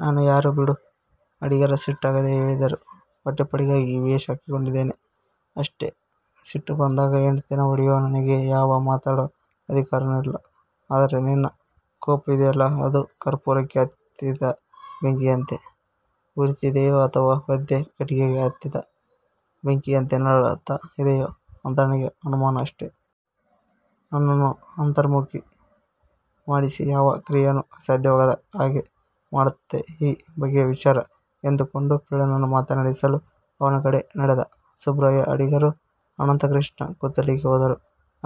ನಾನು ಯಾರು ಬಿಡು' ಅಡಿಗರು ಸಿಟ್ಟಾಗದೆ ಹೇಳಿದರು: 'ಹೊಟ್ಟೆಪಾಡಿಗಾಗಿ ಈ ವೇಷ ಹಾಕ್ಕೊಂಡಿದೇನೆ-ಅಷ್ಟೇ. ಸಿಟ್ಟು ಬಂದಾಗ ಹೆಂಡ್ತೀನ ಹೊಡೆಯೋ ನನಗೆ ಯಾವ ಮಾತಾಡೋ ಅಧಿಕಾರನೂ ಇಲ್ಲ. ಆದರೆ ನಿನ್ನ ಕೋಪ ಇದೆಯಲ್ಲ ಅದು ಕರ್ಪೂರಕ್ಕೆ ಹತ್ತಿದ ಬೆಂಕಿಯಂತೆ ಉರೀತಿದೆಯೋ, ಅಥವಾ ಒದ್ದೆ ಕಟ್ಟಿಗೆಗೆ ಹತ್ತಿದ ಬೆಂಕಿಯಂತೆ ನರಳ್ತ ಇದೆಯೋ ಅಂತ ನನಗೆ ಅನುಮಾನ-ಅಷ್ಟೆ'. ನನ್ನನ್ನ ಅಂತರ್ಮುಖಿ ಮಾಡಿಸಿ ಯಾವ ಕ್ರಿಯೇನೂ ಸಾಧ್ಯವಾಗದ ಹಾಗೆ ಮಾಡತ್ತೆ ಈ ಬಗೆಯ ವಿಚಾರ ಎಂದುಕೊಂಡು ಪಿಳ್ಳನನ್ನು ಮಾತಾಡಿಸಲು ಅವನ ಕಡೆ ನಡೆದ. ಸುಬ್ರಾಯ ಅಡಿಗರು ಅನಂತಕೃಷ್ಣ ಕೂತಲ್ಲಿಗೆ ಹೋದರು.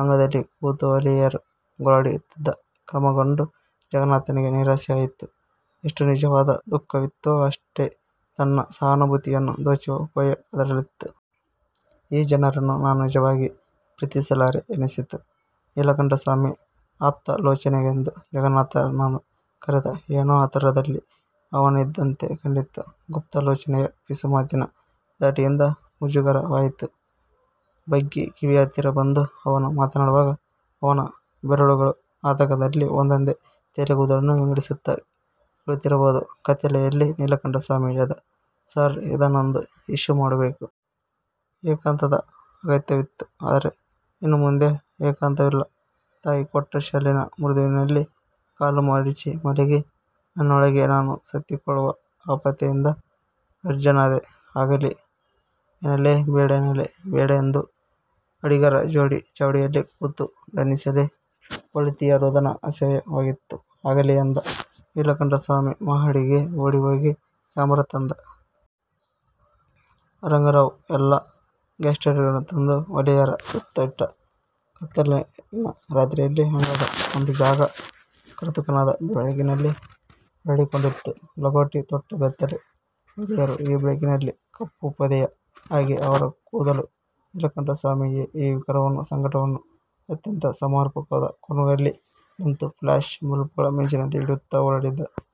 ಅಂಗಳದಲ್ಲಿ ಕೂತು ಹೊಲೆಯರು ಗೋಳಿಡುತ್ತಿದ್ದ ಕ್ರಮ ಕಂಡು ಜಗನ್ನಾಥನಿಗೆ ನಿರಾಸೆಯಾಯಿತು. ಎಷ್ಟು ನಿಜವಾದ ದುಃಖವಿತ್ತೊ ಅಷ್ಟೇ ತನ್ನ ಸಹಾನುಭೂತಿಯನ್ನು ದೋಚುವ ಉಪಾಯ ಅದರಲ್ಲಿತ್ತು. ಈ ಜನರನ್ನು ನಾನು ನಿಜವಾಗಿ ಪ್ರೀತಿಸಲಾರೆ-ಎನ್ನಿಸಿತು. ನೀಲಕಂಠಸ್ವಾಮಿ ಆಪ್ತಾಲೋಚನೆಗೆಂದು ಜಗನ್ನಾಥನನ್ನು ಕರೆದ. ಏನೋ ಆತುರದಲ್ಲಿ ಅವನಿದ್ದಂತೆ ಕಂಡಿತು. ಗುಪ್ತಾಲೋಚನೆಯ ಪಿಸುಮಾತಿನ ಧಾಟಿಯಿಂದ ಮುಜುಗರವಾಯಿತು. ಬಗ್ಗಿ ಕಿವಿಯ ಹತ್ತಿರ ಬಂದು ಅವನು ಮಾತಾಡುವಾಗ ಅವನ ಬೆರಳುಗಳು ಆತಂಕದಲ್ಲಿ ಒಂದೊಂದೇ ತಲೆಗೂದಲನ್ನು ವಿಂಗಡಿಸುತ್ತ ಕೀಳುತ್ತಿರಬಹುದು. ಕತ್ತಲೆಯಲ್ಲಿ ನೀಲಕಂಠಸ್ವಾಮಿ ಹೇಳಿದ: 'ಸಾರ್ ಇದನ್ನೊಂದು ಇಶ್ಯೂ ಮಾಡಬೇಕು. ಏಕಾಂತದ ಅಗತ್ಯವಿತ್ತು. ಆದರೆ ಇನ್ನುಮುಂದೆ ಏಕಾಂತವಿಲ್ಲ. ತಾಯಿ ಕೊಟ್ಟ ಶಾಲಿನ ಮೃದುವಿನಲ್ಲಿ ಕಾಲುಮಡಚಿ ಮಲಗಿ ನನ್ನೊಳಗೇ ನಾನು ಸುತ್ತಿಕೊಳ್ಳುವ ಆಪ್ತತೆಯಿಂದ ವರ್ಜ್ಯನಾದೆ. ಆಗಲಿ ಎನ್ನಲೆ, ಬೇಡ ಎನ್ನಲೆ, ಬೇಡ ಎಂದು ಅಡಿಗರ ಜೋಡಿ ಚಾವಡಿಯಲ್ಲಿ ಕೂತು ಧ್ಯಾನಿಸಲೆ ಹೊಲತಿಯ ರೋದನ ಅಸಹ್ಯವಾಗಿತ್ತು. 'ಆಗಲಿ' ಎಂದ. ನೀಲಕಂಠಸ್ವಾಮಿ ಮಹಡಿಗೆ ಓಡಿಹೋಗಿ ಕ್ಯಾಮರಾ ತಂದ. ರಂಗರಾವ್ ಎಲ್ಲ ಗ್ಯಾಸ್ಲೈಟ್ಗಳನ್ನೂ ತಂದು ಹೊಲೆಯರ ಸುತ್ತ ಇಟ್ಟ. ಕತ್ತಲಿನ ರಾತ್ರೆಯಲ್ಲಿ ಅಂಗಳದ ಒಂದು ಜಾಗ ಕೃತಕವಾದ ಬೆಳಕಿನಲ್ಲಿ ಅರಳಿಕೊಂಡಿತು. ಲಂಗೋಟಿ ತೊಟ್ಟ ಬೆತ್ತಲೆ ಹೊಲೆಯರು ಈ ಬೆಳಕಿನಲ್ಲಿ. ಕಪ್ಪು ಪೊದೆಗಳ ಹಾಗೆ ಅವರ ಕೂದಲು. ನೀಲಕಂಠಸ್ವಾಮಿ ಈ ವಿಕಾರವನ್ನು, ಈ ಸಂಕಟವನ್ನು ಅತ್ಯಂತ ಸಮರ್ಪಕವಾದ ಕೋನಗಳಲ್ಲಿ ನಿಂತು ಫ್ಯ್ಲಾಶ್ ಬಲ್ಬುಗಳ ಮಿಂಚಿನಲ್ಲಿ ಹಿಡಿಯುತ್ತ ಓಡಾಡಿದ.